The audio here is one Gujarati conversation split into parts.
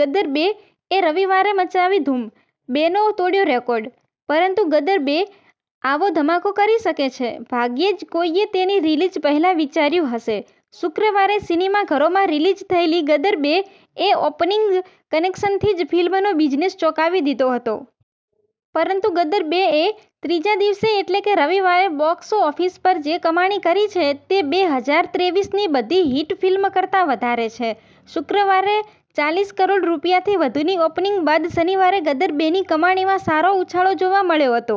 ગદર બે 'એ રવિવારે મચાવી ધૂમ, 'બે' નો તોડ્યો રેકોર્ડ! પરંતુ 'ગદર બે' આવો ધમાકો કરી શકે છે, ભાગ્યે જ કોઈએ તેની રિલીઝ પહેલા વિચાર્યું હશે. શુક્રવારે સિનેમાઘરોમાં રિલીઝ થયેલી 'ગદર બે' એ ઓપનિંગ કલેક્શનથી જ ફિલ્મનો બિઝનેસ ચોંકાવી દીધો હતો. પરંતુ 'ગદર બે' એ ત્રીજા દિવસે એટલે કે રવિવારે બોક્સ ઓફિસ પર જે કમાણી કરી છે, તે બે હજાર ત્રેવીસની બધી હિટ ફિલ્મ કરતા વધારે છે. શુક્રવારે ચાલીસ કરોડ રૂપિયાથી વધુની ઓપનિંગ બાદ શનિવારે 'ગદર બે'ની કમાણીમાં સારો ઉછાળો જોવા મળ્યો હતો.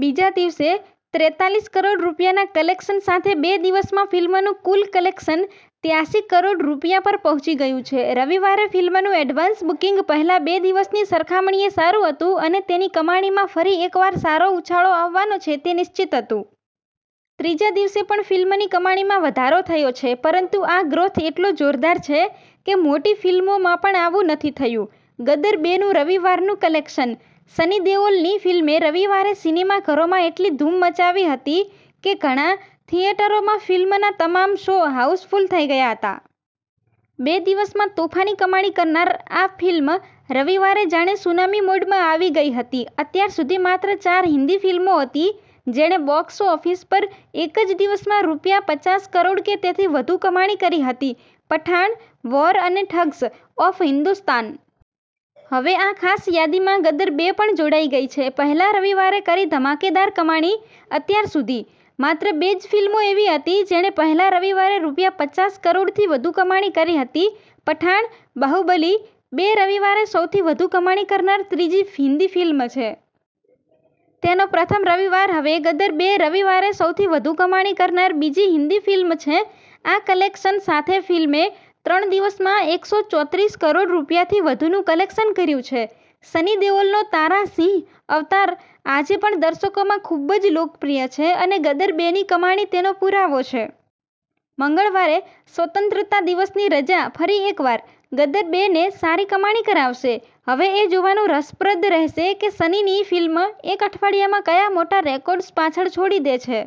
બીજા દિવસે ત્રેતાલીસ કરોડ રૂપિયાના કલેક્શન સાથે બે દિવસમાં ફિલ્મનું કુલ કલેક્શન ત્યાસી કરોડ રૂપિયા પર પહોંચી ગયું છે. રવિવારે ફિલ્મનું એડવાન્સ બુકિંગ પહેલા બે દિવસની સરખામણીએ સારું હતું અને તેની કમાણીમાં ફરી એકવાર સારો ઉછાળો આવવાનો છે તે નિશ્ચિત હતું. ત્રીજા દિવસે પણ ફિલ્મની કમાણીમાં વધારો થયો છે, પરંતુ આ ગ્રોથ એટલો જોરદાર છે કે મોટી ફિલ્મોમાં પણ આવું નથી થયું. 'ગદર બે'નું રવિવારનું કલેક્શન, સની દેઓલની ફિલ્મે રવિવારે સિનેમાઘરોમાં એટલી ધૂમ મચાવી હતી કે ઘણા થિયેટરોમાં ફિલ્મના તમામ શો હાઉસફુલ થઈ ગયા હતા. બે દિવસમાં તોફાની કમાણી કરનાર આ ફિલ્મ રવિવારે જાણે સુનામી મોડમાં આવી ગઈ હતી. અત્યાર સુધી માત્ર ચાર હિન્દી ફિલ્મો હતી જેણે બોક્સ ઓફિસ પર એક જ દિવસમાં રૂપિયા પચાસ કરોડ કે તેથી વધુ કમાણી કરી હતી પઠાણ, વોર અને ઠગ્સ ઓફ હિન્દોસ્તાન. હવે આ ખાસ યાદીમાં 'ગદર બે' પણ જોડાઈ ગઈ છે. પહેલા રવિવારે કરી ધમાકેદાર કમાણી અત્યાર સુધી, માત્ર બે જ ફિલ્મો એવી હતી જેણે પહેલા રવિવારે રૂપિયા પચાસ કરોડથી વધુ કમાણી કરી હતી – પઠાણ, બાહુબલી બે રવિવારે સૌથી વધુ કમાણી કરનાર ત્રીજી હિન્દી ફિલ્મ છે. તેનો પ્રથમ રવિવાર હવે 'ગદર બે' રવિવારે સૌથી વધુ કમાણી કરનાર બીજી હિન્દી ફિલ્મ છે. આ કલેક્શન સાથે ફિલ્મે ત્રણ દિવસમાં એકસો ચોત્રીસ કરોડ રૂપિયાથી વધુનું કલેક્શન કર્યું છે. સની દેઓલનો તારા સિંહ અવતાર આજે પણ દર્શકોમાં ખૂબ જ લોકપ્રિય છે અને 'ગદર બે'ની કમાણી તેનો પુરાવો છે. મંગળવારે સ્વતંત્રતા દિવસની રજા ફરી એકવાર 'ગદર બે'ને સારી કમાણી કરાવશે. હવે એ જોવાનું રસપ્રદ રહેશે કે સનીની ફિલ્મ એક અઠવાડિયામાં કયા મોટા રેકોર્ડ્સ પાછળ છોડી દે છે.